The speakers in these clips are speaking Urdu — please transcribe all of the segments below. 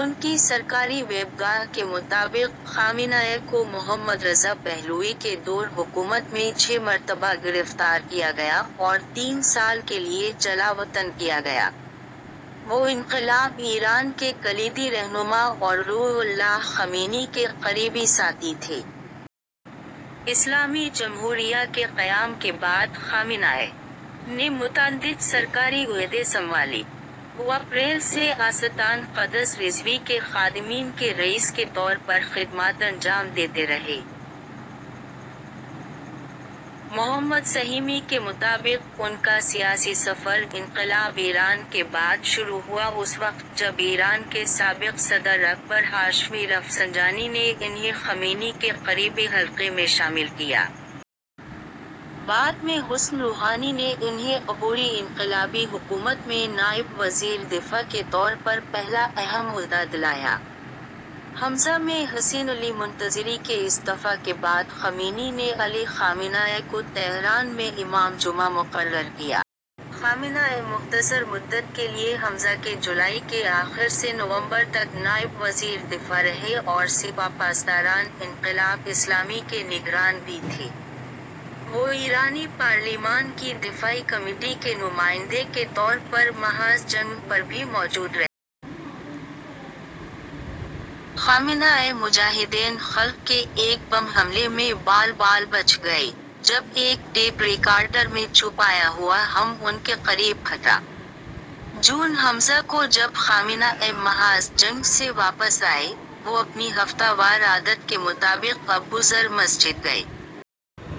ان کی سرکاری ویب گاہ کے مطابق خامنہ ای کو محمد رضا پہلوی کے دور حکومت میں چھ مرتبہ گرفتار کیا گیا اور تین سال کے لیے جلاوطن کیا گیا۔ وہ انقلاب ایران کے کلیدی رہنما اور روح اللہ خمینی کے قریبی ساتھی تھے۔ اسلامی جمہوریہ کے قیام کے بعد خامنہ ای نے متعدد سرکاری عہدے سنبھالے۔ وہ اپریل ء سے آستان قدس رضوی کے خادمین کے رئیس کے طور پر خدمات انجام دیتے رہے۔ محمد سہیمی کے مطابق ان کا سیاسی سفر انقلاب ایران کے بعد شروع ہوا اس وقت جب ایران کے سابق صدر اکبر ہاشمی رفسنجانی نے انھیں خمینی کے قریبی حلقے میں شامل کیا۔ بعد میں حسن روحانی نے انھیں عبوری انقلابی حکومت میں نائب وزیر دفاع کے طور پر پہلا اہم عہدہ دلایا۔ ء میں حسین علی منتظری کے استعفا کے بعد خمینی نے علی خامنہ ای کو تہران میں امامِ جمعہ مقرر کیا۔ خامنہ ای مختصر مدت کے لیے ء کے جولائی کے آخر سے نومبر تک نائب وزیر دفاع رہے اور سپاہ پاسداران انقلاب اسلامی کے نگران بھی تھے۔ وہ ایرانی پارلیمان کی دفاعی کمیٹی کے نمائندے کے طور پر محاذ جنگ پر بھی موجود رہے۔ خامنہ ای مجاہدین خلق کے ایک بم حملے میں بال بال بچ گئے، جب ایک ٹیپ ریکارڈر میں چھپایا ہوا بم ان کے قریب پھٹا۔ جون ء کو جب خامنہ ای محاذ جنگ سے واپس آئے، وہ اپنی ہفتہ وار عادت کے مطابق ابو ذر مسجد گئے۔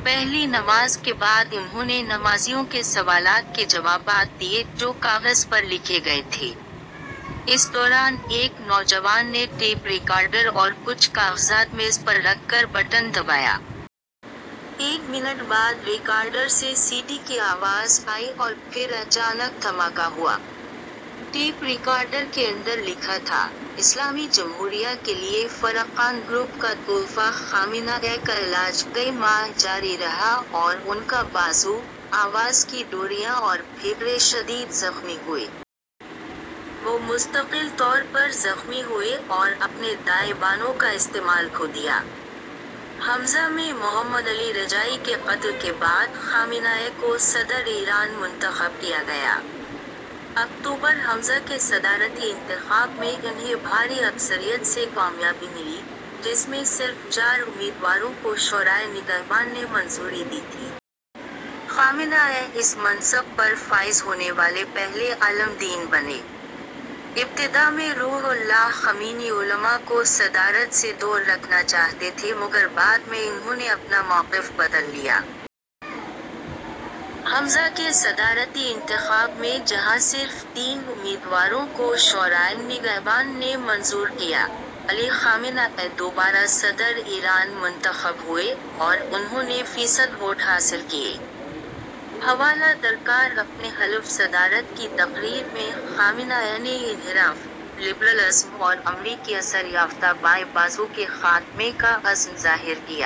پہلی نماز کے بعد انھوں نے نمازیوں کے سوالات کے جوابات دیے جو کاغذ پر لکھے گئے تھے۔ اس دوران ایک نوجوان نے ٹیپ ریکارڈر اور کچھ کاغذات میز پر رکھ کر بٹن دبایا۔ ایک منٹ بعد ریکارڈر سے سیٹی کی آواز آئی اور پھر اچانک دھماکا ہوا۔ ٹیپ ریکارڈر کے اندر لکھا تھا: "اسلامی جمہوریہ کے لیے فرقان گروپ کا تحفہ"۔ خامنہ ای کا علاج کئی ماہ جاری رہا اور ان کا بازو، آواز کی ڈوریاں اور پھیپھڑے شدید زخمی ہوئے۔ وہ مستقل طور پر زخمی ہوئے اور اپنے دائیں بازو کا استعمال کھو دیا۔ ء میں محمد علی رجائی کے قتل کے بعد خامنہ ای کو صدرِ ایران منتخب کیا گیا۔ اکتوبر ء کے صدارتی انتخاب میں انھیں بھاری اکثریت سے کامیابی ملی، جس میں صرف چار امیدواروں کو شورائے نگہبان نے منظوری دی تھی۔ خامنہ ای اس منصب پر فائز ہونے والے پہلے عالم دین بنے۔ ابتدا میں روح اللہ خمینی علما کو صدارت سے دور رکھنا چاہتے تھے مگر بعد میں انھوں نے اپنا موقف بدل لیا۔ ء کے صدارتی انتخاب میں جہاں صرف تین امیدواروں کو شورائے نگہبان نے منظور کیا، علی خامنہ ای دوبارہ صدرِ ایران منتخب ہوئے اور انھوں نے فیصد ووٹ حاصل کیے۔ حوالہ درکار اپنے حلفِ صدارت کی تقریر میں خامنہ ای نے "انحراف، لبرل ازم اور امریکی اثر یافتہ بائیں بازو" کے خاتمے کا عزم ظاہر کیا۔